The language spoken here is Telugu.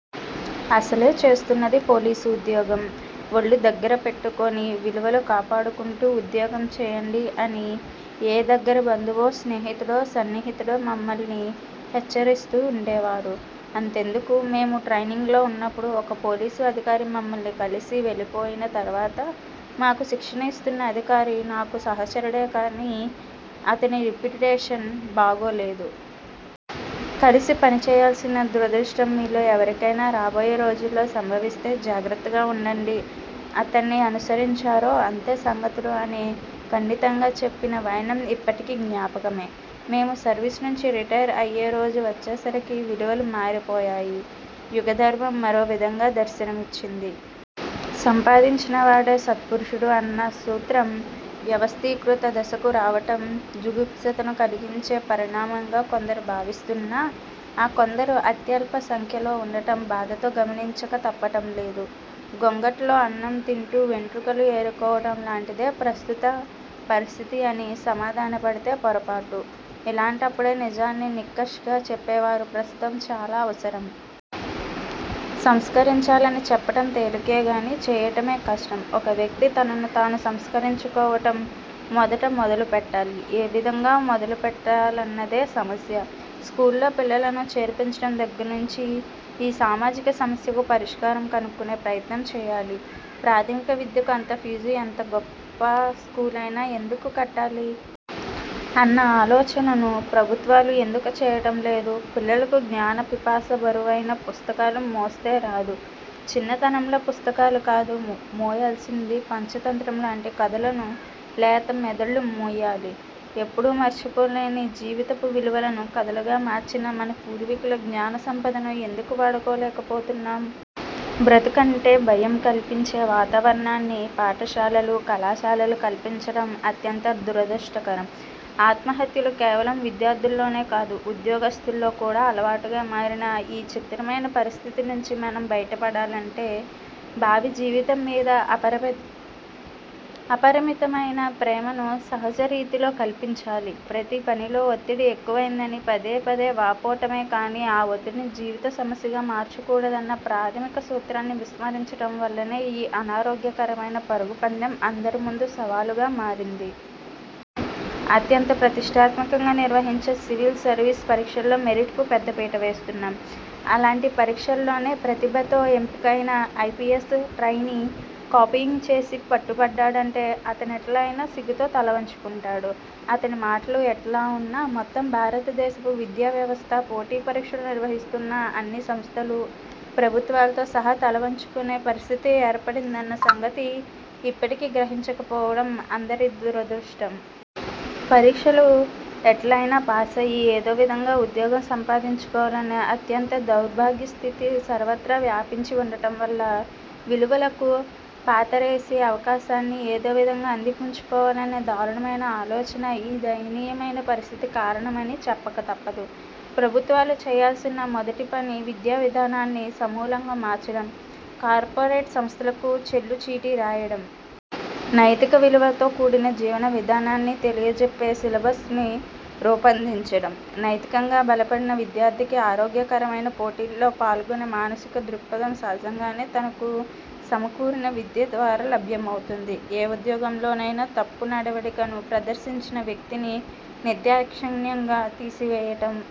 అసలే చేస్తున్నది పోలీసు ఉద్యోగం! వళ్ళు దగ్గర పెట్టుకొని, విలువలు కాపాడుకుంటూ ఉద్యోగం చేయండి' అని ఏ దగ్గరి బంధువో, స్నేహితుడో, సన్నిహితుడో మమ్మల్ని హెచ్చరిస్తూండేవారు. అంతెందుకు! మేము ట్రయినింగ్లో వున్నప్పుడు ఒక పోలీసు అధికారి మమ్మల్ని కలిసి వెళ్ళిపోయిన తర్వాత, మాకు శిక్షణ యిస్తున్న అధికారి – 'నాకు సహచరుడే కానీ అతని రిప్యుటేషన్ బాగాలేదు. కలిసి పనిచేయాల్సిన దురదృష్టం మీలో ఎవరికైనా రాబోయే రోజుల్లో సంభవిస్తే జాగ్రత్తగా వుండండి – అతన్ని అనుసరించారో అంతే సంగతులు' అని ఖండితంగా చెప్పిన వైనం యిప్పటికీ జ్ఞాపకమే! మేము సర్వీసు నుంచి రిటైర్ అయ్యే రోజు వచ్చేసరికి విలువలు మారిపోయాయి. యుగధర్మం మరోవిధంగా దర్శనమిచ్చింది. సంపాదించినవాడే సత్పురుషుడు అన్నసూత్రం వ్యవస్థీకృత దశకు రావటం జుగుప్సను కలిగించే పరిణామంగా కొందరు భావిస్తున్నా, ఆ కొందరు అత్యల్ప సంఖ్యలో వుండటం బాధతో గమనించక తప్పటం లేదు. గొంగట్లో అన్నం తింటూ వెంట్రుకలు ఏరుకోవటం లాంటిదే ప్రస్తుత పరిస్థితి అని సమాధానపడితే పొరపాటు. ఇలాంటప్పుడే నిజాన్ని నిష్కర్షగా చెప్పేవారు ప్రస్తుతం చాలా అవసరం. సంస్కరించాలని చెప్పటం తేలికే గానీ చేయటమే కష్టం. ఒక వ్యక్తి తనను తాను సంస్కరించుకోవటం మొదట మొదలుపెట్టాలి. ఏవిధంగా మొదలుపెట్టాలన్నదే సమస్య! స్కూల్లో పిల్లలను చేర్పించటం దగ్గర్నుంచి యీ సామాజిక సమస్యకు పరిష్కారం కనుక్కునే ప్రయత్నం చేయాలి. ప్రాథమిక విద్యకు అంత ఫీజు ఎంత గొప్ప స్కూలైనా ఎందుకు కట్టాలి? అన్న ఆలోచనను ప్రభుత్వాలు ఎందుకు చేయటం లేదు? పిల్లలకు జ్ఞాన పిపాస బరువైన పుస్తకాలు మోస్తే రాదు. చిన్నతనంలో పుస్తకాలు కాదు మోయాల్సింది పంచతంత్రం లాంటి కథలను లేత మెదళ్ళు మోయాలి. ఎప్పుడూ మరిచిపోలేని జీవితపు విలువలను కథలుగా మార్చిన మన పూర్వీకుల జ్ఞాన సంపదను ఎందుకు వాడుకోలేకపోతున్నాం? బ్రతుకంటే భయం కల్పించే వాతావరణాన్ని పాఠశాలలు, కళాశాలలు కల్పించటం అత్యంత దురదృష్టకరం. ఆత్మహత్యలు కేవలం విద్యార్థుల్లోనే కాదు ఉద్యోగస్థుల్లో కూడా అలవాటుగా మారిన యీ చిత్రమైన పరిస్థితి నుంచి మనం బయటపడాలంటే భావి జీవితం మీద అపరిమితమైన ప్రేమను సహజ రీతిలో కల్పించాలి. ప్రతి పనిలో ఒత్తిడి ఎక్కువయిందని పదే పదే వాపోవటమే కానీ, ఆ ఒత్తిడిని జీవిత సమస్యగా మార్చకూడదన్న ప్రాథమిక సూత్రాన్ని విస్మరించటం వల్లనే యీ అనారోగ్యకరమైన పరుగుపందెం అందరి ముందూ సవాలుగా మారింది. అత్యంత ప్రతిష్ఠాత్మకంగా నిర్వహించే సివిల్ సర్వీస్ పరీక్షల్లో 'మెరిట్'కు పెద్దపీట వేస్తున్నాం. అలాంటి పరీక్షలోనే ప్రతిభతో ఎంపికయిన ఐపీఎస్ ట్రయినీ కాపీయింగ్ చేసి పట్టుపడ్డాడంటే అతనెట్లయినా సిగ్గుతో తలవంచుకుంటాడు. అతని మాట ఎట్లున్నా, మొత్తం భారతదేశపు విద్యా వ్యవస్థ, పోటీ పరీక్షలు నిర్వహిస్తున్న అన్ని సంస్థలూ, ప్రభుత్వాలతో సహా తలవంచుకొనే పరిస్థితి ఏర్పడిందన్న సంగతి యిప్పటికీ గ్రహించక పోవటం అందరి దురదృష్టం. పరీక్షలు ఎట్లైనా ప్యాసయ్యి ఏదో విధంగా ఉద్యోగం సంపాదించుకోవాలనే అత్యంత దౌర్భాగ్యస్థితి సర్వత్రా వ్యాపించి వుండటం వల్ల, విలువలకు పాతరేసి అవకాశాన్ని ఏదోవిధంగా అంది పుచ్చుకోవాలనే దారుణమైన ఆలోచనే యీ దయనీయ పరిస్థితికి కారణమని చెప్పక తప్పదు. ప్రభుత్వాలు చేయాల్సిన మొదటి పని విద్యావిధానాన్ని సమూలంగా మార్చటం, కార్పొరేట్ సంస్థలకు చెల్లుచీటీ రాయటం. నైతిక విలువలతో కూడిన జీవన విధానాన్ని తెలియజెప్పే సిలబస్ను రూపొందించటం; నైతికంగా బలపడిన విద్యార్థికి ఆరోగ్యకరమైన పోటీలో పాల్గొనే మానసిక దృక్పథం సహజంగానే తనకు సమకూరిన విద్య ద్వారా లభ్యమవుతుంది. ఏ ఉద్యోగంలోనైనా తప్పు నడవడికను ప్రదర్శించిన వ్యక్తిని నిర్దాక్షిణ్యంగా తీసివేయటం,